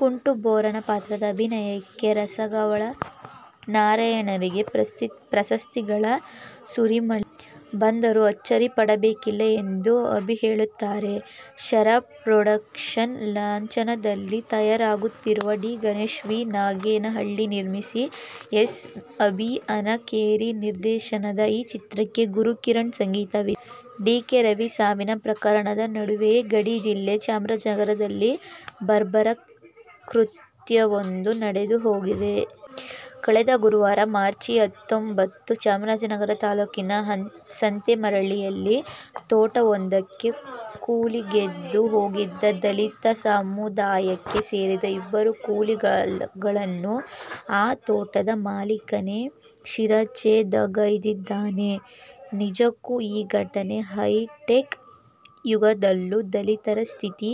ಕುಂಟು ಬೋರನ ಪಾತ್ರದ ಅಭಿನಯಕ್ಕೆ ರಸಗವಳ ನಾರಾಯಣರಿಗೆ ಪ್ರಶಸ್ತಿಗಳ ಸುರಿಮಳೆಯೇ ಬಂದರೂ ಅಚ್ಚರಿ ಪಡಬೇಕಿಲ್ಲ ಎಂದು ಅಭಿಹೇಳುತ್ತಾರೆ. ಶರ ಪ್ರೊಡಕ್ಷನ್ಸ್ ಲಾಂಛನದಲ್ಲಿ ತಯಾರಾಗುತ್ತಿರುವ ಡಿ. ಗಣೇಶ್ ವಿ ನಾಗೇನಹಳ್ಳಿ ನಿರ್ಮಿಸಿ ಎಸ್ ಅಭಿ ಹನಕೆರೆ ನಿರ್ದೇಶನದ ಈ ಚಿತ್ರಕ್ಕೆ ಗುರುಕಿರಣ್ ಸಂಗೀತವಿದೆ. ಡಿ. ಕೆ. ರವಿ ಸಾವಿನ ಪ್ರಕರಣದ ನಡುವೆಯೇ ಗಡಿ ಜಿಲ್ಲೆ ಚಾಮರಾಜನಗರದಲ್ಲಿ ಬರ್ಬರ ಕೃತ್ಯವೊಂದು ನಡೆದುಹೋಗಿದೆ. ಕಳೆದ ಗುರುವಾರ ಮಾರ್ಚಿ ಹತ್ತೊಂಬತ್ತು, ಚಾಮರಾಜನಗರ ತಾಲ್ಲೂಕಿನ ಸಂತೆಮರಹಳ್ಳಿಯಲ್ಲಿ ತೋಟವೊಂದಕ್ಕೆ ಕೂಲಿಗೆಂದು ಹೋಗಿದ್ದ ದಲಿತ ಸಮುದಾಯಕ್ಕೆ ಸೇರಿದ ಇಬ್ಬರು ಕೂಲಿಗಳನ್ನು ಆ ತೋಟದ ಮಾಲೀಕನೇ ಶಿರಚ್ಛೇಧಗೈದಿದ್ದಾನೆ. ನಿಜಕ್ಕೂ ಈ ಘಟನೆ ಹೈಟೆಕ್ ಯುಗದಲ್ಲೂ ದಲಿತರ ಸ್ಥಿತಿ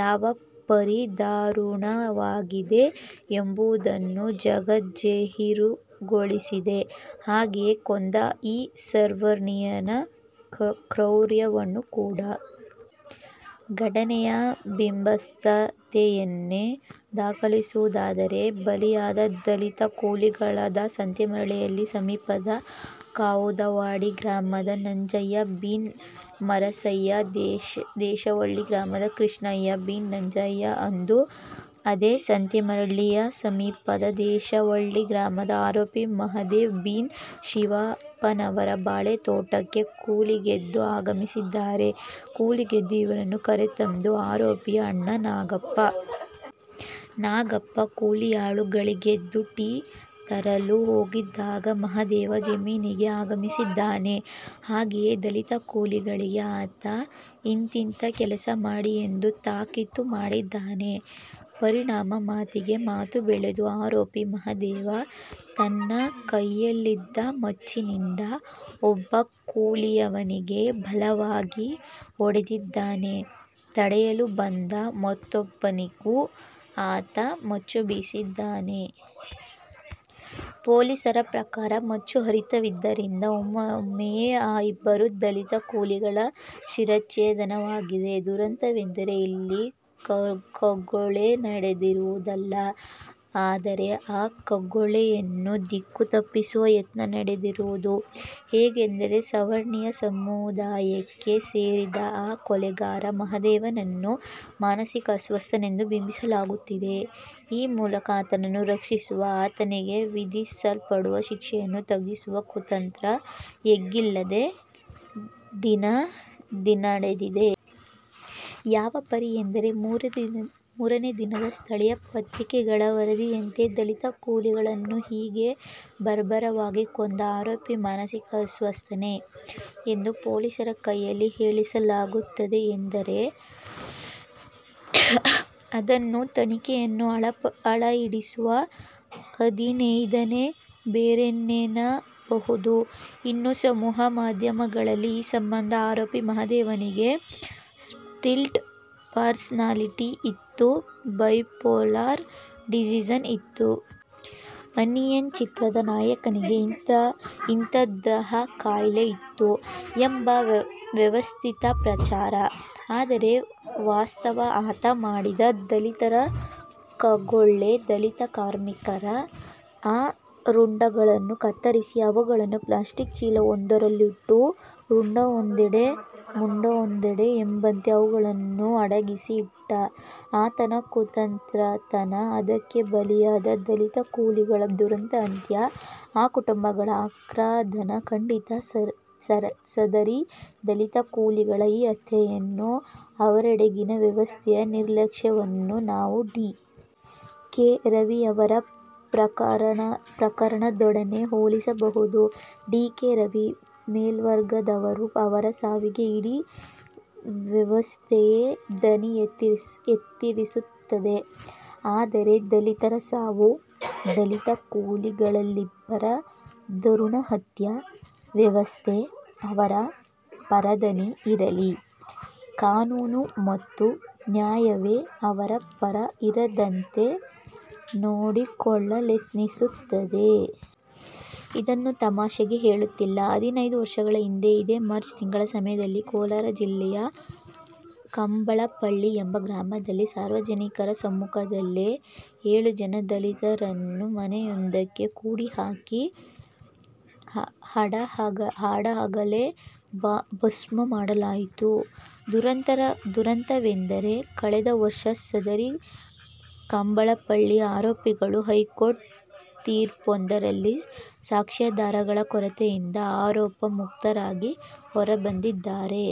ಯಾವ ಪರಿ ದಾರುಣವಾಗಿದೆ ಎಂಬುದನ್ನು ಜಗಜ್ಜಾಹೀರುಗೊಳಿಸಿದೆ ಹಾಗೆಯೇ ಕೊಂದ ಆ ಸವರ್ಣೀಯನ ಕ್ರೌರ್ಯವನ್ನೂ ಕೂಡ. ಘಟನೆಯ ಭೀಭತ್ಸತೆಯನ್ನೇ ದಾಖಲಿಸುವುದಾದರೆ ಬಲಿಯಾದ ದಲಿತ ಕೂಲಿಗಳಾದ ಸಂತೆಮರಹಳ್ಳಿ ಸಮೀಪದ ಕಾವುದವಾಡಿ ಗ್ರಾಮದ ನಂಜಯ್ಯ ಬಿನ್ ಮರಸಯ್ಯ, ದೇಶವಳ್ಳಿ ಗ್ರಾಮದ ಕೃಷ್ಣಯ್ಯ ಬಿನ್ ನಂಜಯ್ಯ ಅಂದು ಅದೇ ಸಂತೇಮರಹಳ್ಳಿ ಸಮೀಪದ ದೇಶವಳ್ಳಿ ಗ್ರಾಮದ ಆರೋಪಿ ಮಹದೇವ ಬಿನ್ ಶಿವಪ್ಪನವರ ಬಾಳೆ ತೋಟಕ್ಕೆ ಕೂಲಿಗೆಂದು ಆಗಮಿಸಿದ್ದಾರೆ. ಕೂಲಿಗೆಂದು ಇವರನ್ನು ಕರೆತಂದದ್ದು ಆರೋಪಿಯ ಅಣ್ಣ ನಾಗಪ್ಪ. ನಾಗಪ್ಪ ಕೂಲಿಯಾಳುಗಳಿಗೆಂದು ಟೀ ತರಲು ಹೋಗಿದ್ದಾಗ ಮಹದೇವ ಜಮೀನಿಗೆ ಆಗಮಿಸಿದ್ದಾನೆ ಹಾಗೆಯೇ ದಲಿತ ಕೂಲಿಗಳಿಗೆ ಆತ ಇಂತಿಂಥ ಕೆಲಸ ಮಾಡಿ ಎಂದು ತಾಕೀತುಮಾಡಿದ್ದಾನೆ. ಪರಿಣಾಮ ಮಾತಿಗೆ ಮಾತು ಬೆಳೆದು ಆರೋಪಿ ಮಹದೇವ ತನ್ನ ಕೈಯಲ್ಲಿದ್ದ ಮಚ್ಚಿನಿಂದ ಒಬ್ಬ ಕೂಲಿಯವನಿಗೆ ಬಲವಾಗಿ ಹೊಡೆದಿದ್ದಾನೆ ತಡೆಯಲು ಬಂದ ಮತ್ತೊಬ್ಬನಿಗೂ ಆತ ಮಚ್ಚು ಬೀಸಿದ್ದಾನೆ. ಪೊಲೀಸರ ಪ್ರಕಾರ ಮಚ್ಚು ಹರಿತವಿದ್ದರಿಂದ ಒಮ್ಮೆಯೇ ಆ ಇಬ್ಬರು ದಲಿತ ಕೂಲಿಗಳ ಶಿರಚ್ಛೇಧನವಾಗಿದೆ. ದುರಂತವೆಂದರೆ ಇಲ್ಲಿ ಕಗ್ಗೊಲೆ ನಡೆದಿರುವುದಲ್ಲ, ಆದರೆ ಆ ಕಗ್ಗೊಲೆಯನ್ನು ದಿಕ್ಕುತಪ್ಪಿಸುವ ಯತ್ನ ನಡೆದಿರುವುದು. ಹೇಗೆಂದರೆ ಸವರ್ಣೀಯ ಸಮುದಾಯಕ್ಕೆ ಸೇರಿದ ಆ ಕೊಲೆಗಾರ ಮಹದೇವನನ್ನು ಮಾನಸಿಕ ಅಸ್ವಸ್ಥನೆಂದು ಬಿಂಬಿಸಲಾಗುತ್ತಿದೆ. ಆ ಮೂಲಕ ಆತನನ್ನು ರಕ್ಷಿಸುವ, ಆತನಿಗೆ ವಿಧಿಸಲ್ಪಡುವ ಶಿಕ್ಷೆಯನ್ನು ತಗ್ಗಿಸುವ ಕುತಂತ್ರ ಎಗ್ಗಿಲ್ಲದೆ ಡಿನಡೆದಿದೆ. ಯಾವ ಪರಿ ಎಂದರೆ ಮಾರನೇ ದಿನದ ಸ್ಥಳೀಯ ಪತ್ರಿಕೆಗಳ ವರದಿಯಂತೆ ದಲಿತ ಕೂಲಿಗಳನ್ನು ಹೀಗೆ ಬರ್ಬರವಾಗಿ ಕೊಂದ "ಆರೋಪಿ ಮಾನಸಿಕ ಅಸ್ವಸ್ಥನೇ? " ಎಂದು ಪೊಲೀಸರ ಕೈಯಲ್ಲಿ ಹೇಳಿಸಲಾಗುತ್ತದೆಯೆಂದರೆ ಅದನ್ನು ತನಿಖೆಯನ್ನು ಹಳ್ಳಹಿಡಿಸುವ ಹಾದಿಯೆನ್ನದೆ ಬೇರೇನೆನ್ನಬಹುದು. ಇನ್ನು ಸಮೂಹ ಮಾಧ್ಯಮಗಳಲ್ಲಿ ಈ ಸಂಬಂಧ ಆರೋಪಿ ಮಹದೇವನಿಗೆ 'ಸ್ಪ್ಲಿಟ್ ಪರ್ಸನಾಲಿಟಿ' ಇತ್ತು, 'ಬೈಪೋಲಾರ್ ಡಿಸೀಸ್' ಇತ್ತು. 'ಅನ್ನಿಯನ್' ಚಿತ್ರದ ನಾಯಕನಿಗೆ ಇದ್ದಂತಹ ಕಾಯಿಲೆ ಇತ್ತು ಎಂಬ ವ್ಯವಸ್ಥಿತ ಪ್ರಚಾರ. ಆದರೆ ವಾಸ್ತವ ಆತ ಮಾಡಿದ ದಲಿತರ ಕಗ್ಗೊಲೆ ದಲಿತ ಕಾರ್ಮಿಕರ ಆ ರುಂಡಗಳನ್ನು ಕತ್ತರಿಸಿ ಅವುಗಳನ್ನು ಪ್ಲಾಸ್ಟಿಕ್ ಚೀಲವೊಂದರಲ್ಲಿಟ್ಟು ರುಂಡವೊಂದೆಡೆ ಮುಂಡವೊಂದೆಡೆ ಎಂಬಂತೆ ಅವುಗಳನ್ನು ಅಡಗಿಸಿ ಇಟ್ಟ ಆತನ ಕ್ರೂರತನ, ಅದಕ್ಕೆ ಬಲಿಯಾದ ದಲಿತ ಕೂಲಿಗಳ ದುರಂತ ಅಂತ್ಯ, ಆ ಕುಟುಂಬಗಳ ಆಕ್ರಂಧನ ಖಂಡಿತ, ಸದರಿ ದಲಿತ ಕೂಲಿಗಳ ಈ ಹತ್ಯೆಯನ್ನು ಅವರೆಡೆಗಿನ ವ್ಯವಸ್ಥೆಯ ನಿರ್ಲಕ್ಷ್ಯವನ್ನು ನಾವು ಡಿ. ಕೆ. ರವಿಯವರ ಪ್ರಕರಣದೊಡನೆ ಹೋಲಿಸಬಹುದು. ಡಿ. ಕೆ. ರವಿ ಮೇಲ್ವರ್ಗದವರು ಅವರ ಸಾವಿಗೆ ಇಡೀ ವ್ಯವಸ್ಥೆಯೇ ದನಿ ಎತ್ತರಿಸುತ್ತದೆ. ಆದರೆ ದಲಿತರ ಸಾವು? ದಲಿತ ಕೂಲಿಗಳಿಬ್ಬರ ದಾರುಣ ಹತ್ಯೆ? ವ್ಯವಸ್ಥೆ ಅವರ ಪರ ದನಿ ಇರಲಿ, ಕಾನೂನು ಮತ್ತು ನ್ಯಾಯವೇ ಅವರ ಪರ ಇರದಂತೆ ನೋಡಿಕೊಳ್ಳಲೆತ್ನಿಸುತ್ತದೆ. ಇದನ್ನು ತಮಾಷೆಗೆ ಹೇಳುತ್ತಿಲ್ಲ. ಹದಿನೈದು ವರ್ಷಗಳ ಹಿಂದೆ ಇದೇ ಮಾರ್ಚ್ ತಿಂಗಳ ಸಮಯದಲ್ಲಿ ಕೋಲಾರ ಜಿಲ್ಲೆಯ ಕಂಬಾಲಪಲ್ಲಿ ಎಂಬ ಗ್ರಾಮದಲ್ಲಿ ಸಾರ್ವಜನಿಕರ ಸಮ್ಮುಖದಲ್ಲೇ ಏಳು ಜನ ದಲಿತರನ್ನು ಮನೆಯೊಂದಕ್ಕೆ ಕೂಡಿಹಾಕಿ ಹಾಡಹಗಲೇ ಭಸ್ಮಮಾಡಲಾಯಿತು. ದುರಂತವೆಂದರೆ ಕಳೆದ ವರ್ಷ ಸದರಿ ಕಂಬಾಲಪಲ್ಲಿಯ ಆರೋಪಿಗಳು ಹೈಕೋರ್ಟ್ ತೀರ್ಪೊಂದರಲ್ಲಿ ಸಾಕ್ಷ್ಯಾಧಾರಗಳ ಕೊರತೆಯಿಂದ ಆರೋಪಮುಕ್ತರಾಗಿ ಹೊರಬಂದಿದ್ದಾರೆ.